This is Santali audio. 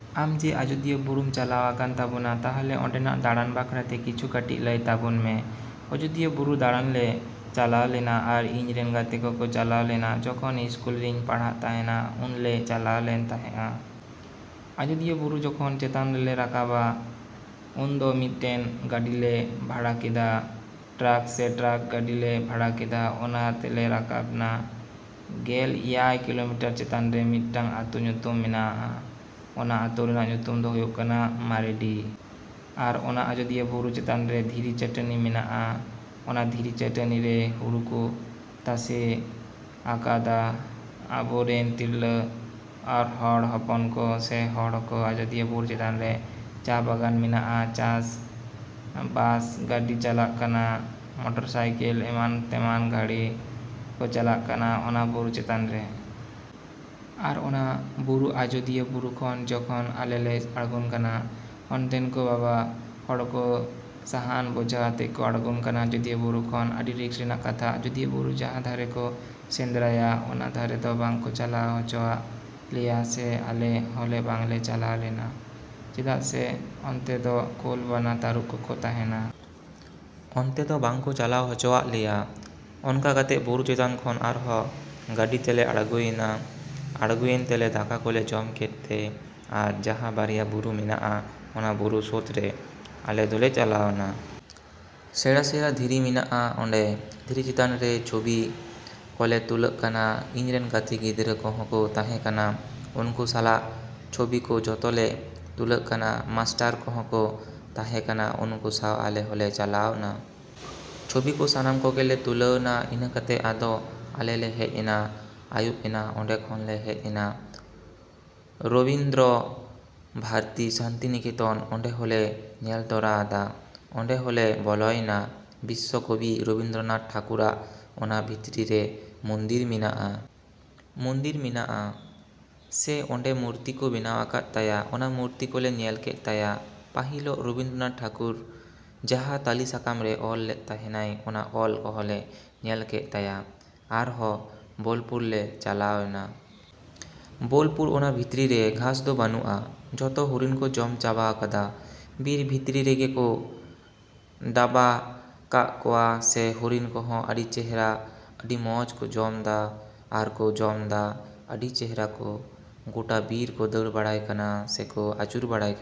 ᱟᱢ ᱡᱮ ᱟᱡᱳᱫᱤᱭᱟᱹ ᱵᱩᱨᱩᱢ ᱪᱟᱞᱟᱣ ᱟᱠᱟᱱ ᱛᱟᱵᱚᱱᱟ, ᱛᱟᱦᱞᱮ ᱚᱸᱰᱮᱱᱟᱜ ᱫᱟᱬᱟᱱ ᱵᱟᱠᱷᱨᱟᱛᱮ ᱠᱤᱪᱷᱩ ᱠᱟᱹᱴᱤᱡ ᱞᱟᱹᱭ ᱟᱛᱟᱵᱚᱱ ᱢᱮ᱾ ᱟᱡᱳᱫᱤᱭᱟᱹ ᱵᱩᱨᱩ ᱫᱟᱬᱟᱱ ᱞᱮ ᱪᱟᱞᱟᱣ ᱞᱮᱱᱟ ᱟᱨ ᱤᱧᱨᱮᱱ ᱜᱟᱛᱮ ᱠᱚᱠᱚ ᱪᱟᱞᱟᱣ ᱞᱮᱱᱟ᱾ ᱡᱚᱠᱷᱚᱱ ᱤᱥᱠᱩᱞ ᱨᱤᱧ ᱯᱟᱲᱦᱟᱜ ᱛᱟᱦᱮᱱᱟ ᱩᱱᱞᱮ ᱪᱟᱞᱟᱣ ᱞᱮᱱ ᱛᱟᱦᱮᱸᱜᱼᱟ᱾ ᱟᱡᱳᱫᱤᱭᱟᱹ ᱵᱩᱨᱩ ᱡᱚᱠᱷᱚᱱ ᱪᱮᱛᱟᱱᱞᱮ ᱨᱟᱠᱟᱵᱟ ᱩᱱᱫᱚ ᱢᱤᱫᱴᱟᱱ ᱜᱟᱹᱰᱤᱞᱮ ᱵᱷᱟᱲᱟ ᱠᱮᱫᱟ, ᱴᱨᱟᱠ ᱥᱮ ᱴᱨᱟᱠ ᱜᱟᱹᱰᱤᱞᱮ ᱵᱷᱟᱲᱟ ᱠᱮᱫᱟ᱾ ᱚᱱᱟ ᱛᱮᱞᱮ ᱨᱟᱠᱟᱵᱱᱟ᱾ ᱜᱮᱞ ᱮᱭᱟᱭ ᱠᱤᱞᱳᱢᱤᱴᱟᱨ ᱪᱮᱛᱟᱱᱨᱮ ᱢᱤᱫᱴᱟᱱ ᱟᱛᱳ ᱧᱩᱛᱩᱢ ᱢᱮᱱᱟᱜᱼᱟ, ᱚᱱᱟ ᱟᱛᱳ ᱨᱮᱭᱟᱜ ᱧᱩᱛᱩᱢ ᱫᱚ ᱦᱩᱭᱩᱜ ᱠᱟᱱᱟ ᱢᱟᱨᱮᱰᱤ᱾ ᱟᱨ ᱚᱱᱟ ᱟᱡᱳᱫᱤᱭᱟᱹ ᱵᱩᱨᱩ ᱪᱮᱛᱟᱱᱨᱮ ᱫᱷᱤᱨᱤ ᱪᱟᱹᱴᱟᱹᱱᱤ ᱢᱮᱱᱟᱜᱼᱟ᱾ ᱚᱱᱟ ᱫᱷᱤᱨᱤ ᱪᱟᱹᱴᱟᱹᱱᱤᱨᱮ ᱦᱩᱲᱩ ᱠᱚ ᱛᱟᱥᱮ ᱟᱠᱟᱫᱟ ᱟᱵᱚ ᱨᱮᱱ ᱛᱤᱨᱞᱟᱹ ᱦᱚᱲ ᱦᱚᱯᱚᱱ ᱠᱚ ᱥᱮ ᱦᱚᱲᱠᱚ᱾ ᱟᱡᱳᱫᱤᱭᱟᱹ ᱵᱩᱨᱩ ᱪᱮᱛᱟᱱ ᱨᱮ ᱪᱟ ᱵᱟᱜᱟᱱ ᱢᱮᱱᱟᱜᱼᱟ᱾ ᱵᱟᱥ ᱜᱟᱹᱰᱤ ᱪᱟᱞᱟᱜ ᱠᱟᱱᱟ, ᱢᱳᱴᱚᱨ ᱥᱟᱭᱠᱮᱞ ᱮᱢᱟᱱ ᱛᱮᱢᱟᱱ ᱜᱟᱹᱲᱤ ᱠᱚ ᱪᱟᱞᱟᱜ ᱠᱟᱱᱟ ᱚᱱᱟ ᱵᱩᱨᱩ ᱪᱮᱛᱟᱱ ᱨᱮ᱾ ᱟᱨ ᱚᱱᱟ ᱵᱩᱨᱩ ᱟᱡᱳᱫᱤᱭᱟᱹ ᱵᱩᱨᱩ ᱠᱷᱚᱱ ᱡᱮᱠᱷᱚᱱ ᱟᱞᱮ ᱞᱮ ᱟᱬᱜᱚᱱ ᱠᱟᱱᱟ, ᱚᱱᱛᱮᱱ ᱠᱚ ᱵᱟᱵᱟ ᱦᱚᱲ ᱠᱚ ᱥᱟᱦᱟᱱ ᱵᱚᱡᱷᱟ ᱟᱛᱮᱜ ᱠᱚ ᱟᱬᱜᱚᱱ ᱠᱟᱱᱟ ᱟᱡᱳᱫᱤᱭᱳ ᱵᱩᱨᱩ ᱠᱷᱚᱱ᱾ ᱟᱹᱰᱤ ᱨᱤᱠᱥ ᱨᱮᱱᱟᱜ ᱠᱟᱛᱷᱟ᱾ ᱟᱡᱳᱫᱤᱭᱟᱹ ᱵᱩᱨᱩ ᱡᱟᱦᱟᱸ ᱫᱷᱟᱨᱮ ᱠᱚ ᱥᱮᱸᱫᱽᱨᱟᱭᱟ ᱚᱱᱟ ᱫᱷᱟᱨᱮ ᱫᱚ ᱵᱟᱝᱠᱚ ᱪᱟᱞᱟᱣ ᱦᱚᱪᱚᱣᱟᱜ ᱞᱮᱭᱟ ᱥᱮ ᱟᱞᱮ ᱦᱚᱸᱞᱮ ᱵᱟᱝᱞᱮ ᱪᱟᱞᱟᱣ ᱞᱮᱱᱟ ᱪᱮᱫᱟᱜ ᱥᱮ ᱚᱱᱛᱮ ᱫᱚ ᱠᱩᱞ, ᱵᱟᱱᱟ, ᱛᱟᱹᱨᱩᱵ ᱠᱚᱠᱚ ᱛᱟᱦᱮᱱᱟ᱾ ᱚᱱᱛᱮ ᱫᱚ ᱵᱟᱝᱠᱚ ᱪᱟᱞᱟᱣ ᱦᱚᱪᱚᱣᱟᱜ ᱞᱮᱭᱟ᱾ ᱚᱱᱠᱟ ᱠᱟᱛᱮᱜ ᱵᱩᱨᱩ ᱪᱮᱛᱟᱱ ᱠᱷᱚᱱ ᱟᱨᱦᱚᱸ ᱜᱟᱹᱰᱤ ᱛᱮᱞᱮ ᱟᱬᱜᱳᱭᱮᱱᱟ᱾ ᱟᱬᱜᱚᱭᱮᱱ ᱛᱮᱞᱮ ᱫᱟᱠᱟ ᱠᱚᱞᱮ ᱡᱚᱢ ᱠᱮᱫ ᱛᱮ ᱟᱨ ᱡᱟᱦᱟᱸ ᱵᱟᱨᱭᱟ ᱵᱩᱨᱩ ᱢᱮᱱᱟᱜᱼᱟ ᱚᱱᱟ ᱵᱩᱨᱩ ᱥᱳᱛᱨᱮ ᱟᱞᱮ ᱫᱚᱞᱮ ᱪᱟᱞᱟᱣᱱᱟ᱾ ᱥᱮᱬᱟ ᱥᱮᱬᱟ ᱫᱷᱤᱨᱤ ᱢᱮᱱᱟᱼᱟ ᱚᱸᱰᱮ᱾ ᱫᱷᱤᱨᱤ ᱪᱮᱛᱟᱱ ᱨᱮ ᱪᱷᱚᱵᱤ ᱠᱚᱞᱮ ᱛᱩᱞᱟᱹᱜ ᱠᱟᱱᱟ᱾ ᱤᱧ ᱨᱮᱱ ᱜᱟᱛᱮ ᱜᱤᱫᱽᱨᱟᱹ ᱠᱚᱦᱚᱸ ᱠᱚ ᱛᱟᱦᱮᱸ ᱠᱟᱱᱟ᱾ ᱩᱱᱠᱩ ᱥᱟᱞᱟᱜ ᱪᱷᱚᱵᱤ ᱠᱚ ᱡᱚᱛᱚᱞᱮ ᱛᱩᱞᱟᱹᱜ ᱠᱟᱱᱟ᱾ ᱢᱟᱥᱴᱟᱨ ᱠᱚᱦᱚᱸ ᱠᱚ ᱛᱟᱦᱮᱸ ᱠᱟᱱᱟ ᱩᱱᱠᱩ ᱥᱟᱶ ᱟᱞᱮ ᱦᱚᱸᱞᱮ ᱪᱟᱞᱟᱣᱱᱟ᱾ ᱪᱷᱚᱵᱤ ᱠᱚ ᱥᱟᱱᱟᱢ ᱠᱚᱜᱮᱞᱮ ᱛᱩᱞᱟᱹᱣᱱᱟ᱾ ᱤᱱᱟᱹ ᱠᱟᱛᱮᱜ ᱟᱫᱚ ᱟᱞᱮ ᱞᱮ ᱦᱮᱡ ᱮᱱᱟ᱾ ᱟᱹᱭᱩᱵ ᱮᱱᱟ ᱚᱸᱰᱮ ᱠᱷᱚᱱᱞᱮ ᱦᱮᱡ ᱮᱱᱟ᱾ ᱨᱚᱵᱤᱱᱫᱨᱚ ᱵᱷᱟᱨᱛᱤ ᱥᱟᱱᱛᱤᱱᱤᱠᱮᱛᱚᱱ ᱚᱸᱰᱮ ᱦᱚᱸᱞᱮ ᱧᱮᱞ ᱛᱚᱨᱟ ᱟᱫᱟ᱾ ᱚᱸᱰᱮ ᱦᱚᱸᱞᱮ ᱵᱚᱞᱚᱭᱮᱱᱟ᱾ ᱵᱤᱥᱥᱚ ᱠᱚᱵᱤ ᱨᱚᱵᱤᱱᱫᱨᱚᱱᱟᱛᱷ ᱴᱷᱟᱹᱠᱩᱨᱟᱜ ᱚᱱᱟ ᱵᱷᱤᱛᱨᱤ ᱨᱮ ᱢᱚᱱᱫᱤᱨ ᱢᱮᱱᱟᱜᱼᱟ᱾ ᱢᱚᱱᱫᱤᱨ ᱢᱮᱱᱟᱜᱼᱟ ᱥᱮ ᱚᱸᱰᱮ ᱢᱩᱨᱛᱤ ᱠᱚ ᱵᱮᱱᱟᱣ ᱟᱠᱟᱫ ᱛᱟᱭᱟ᱾ ᱚᱱᱟ ᱢᱩᱨᱛᱤ ᱠᱚᱞᱮ ᱧᱮᱞ ᱠᱮᱫ ᱛᱟᱭᱟ᱾ ᱯᱟᱹᱦᱤᱞᱚᱜ ᱨᱚᱵᱤᱱᱫᱨᱚᱱᱟᱛᱷ ᱴᱷᱟᱹᱠᱩᱨ ᱡᱟᱦᱟᱸ ᱛᱟᱞᱤ ᱥᱟᱠᱟᱢ ᱨᱮ ᱚᱞ ᱞᱮᱫ ᱛᱟᱦᱮᱸᱱᱟᱭ ᱚᱱᱟ ᱚᱞ ᱠᱚᱦᱚᱸᱞᱮ ᱧᱮᱞ ᱠᱮᱫ ᱛᱟᱭᱟ᱾ ᱟᱨᱦᱚᱸ ᱵᱳᱞᱯᱩᱨ ᱞᱮ ᱪᱟᱞᱟᱣᱮᱱᱟ᱾ ᱵᱳᱞᱯᱩᱨ ᱚᱱᱟ ᱵᱷᱤᱛᱨᱤ ᱨᱮ ᱜᱷᱟᱥ ᱫᱚ ᱵᱟᱹᱱᱩᱜᱼᱟ ᱡᱚᱛᱚ ᱦᱚᱨᱤᱱ ᱠᱚ ᱡᱚᱢ ᱪᱟᱵᱟ ᱠᱟᱫᱟ᱾ ᱵᱤᱨ ᱵᱷᱤᱛᱨᱤ ᱨᱮᱜᱮ ᱠᱚ ᱰᱟᱵᱟ ᱠᱟᱜ ᱠᱚᱣᱟ ᱥᱮ ᱦᱚᱨᱤᱱ ᱠᱚᱦᱚ ᱟᱹᱰᱤ ᱪᱮᱦᱨᱟ ᱟᱹᱰᱤ ᱢᱚᱡᱽ ᱠᱚ ᱡᱚᱢᱫᱟ ᱟᱨᱠᱚᱸ ᱡᱚᱢᱫᱟ᱾ ᱟᱹᱰᱤ ᱪᱮᱦᱨᱟ ᱠᱚ ᱜᱳᱴᱟ ᱵᱤᱨ ᱠᱚ ᱫᱟᱹᱲ ᱵᱟᱲᱟᱭ ᱠᱟᱱᱟ ᱥᱮᱠᱚ ᱟᱹᱪᱩᱨ ᱵᱟᱲᱟᱭ ᱠᱟᱱᱟ᱾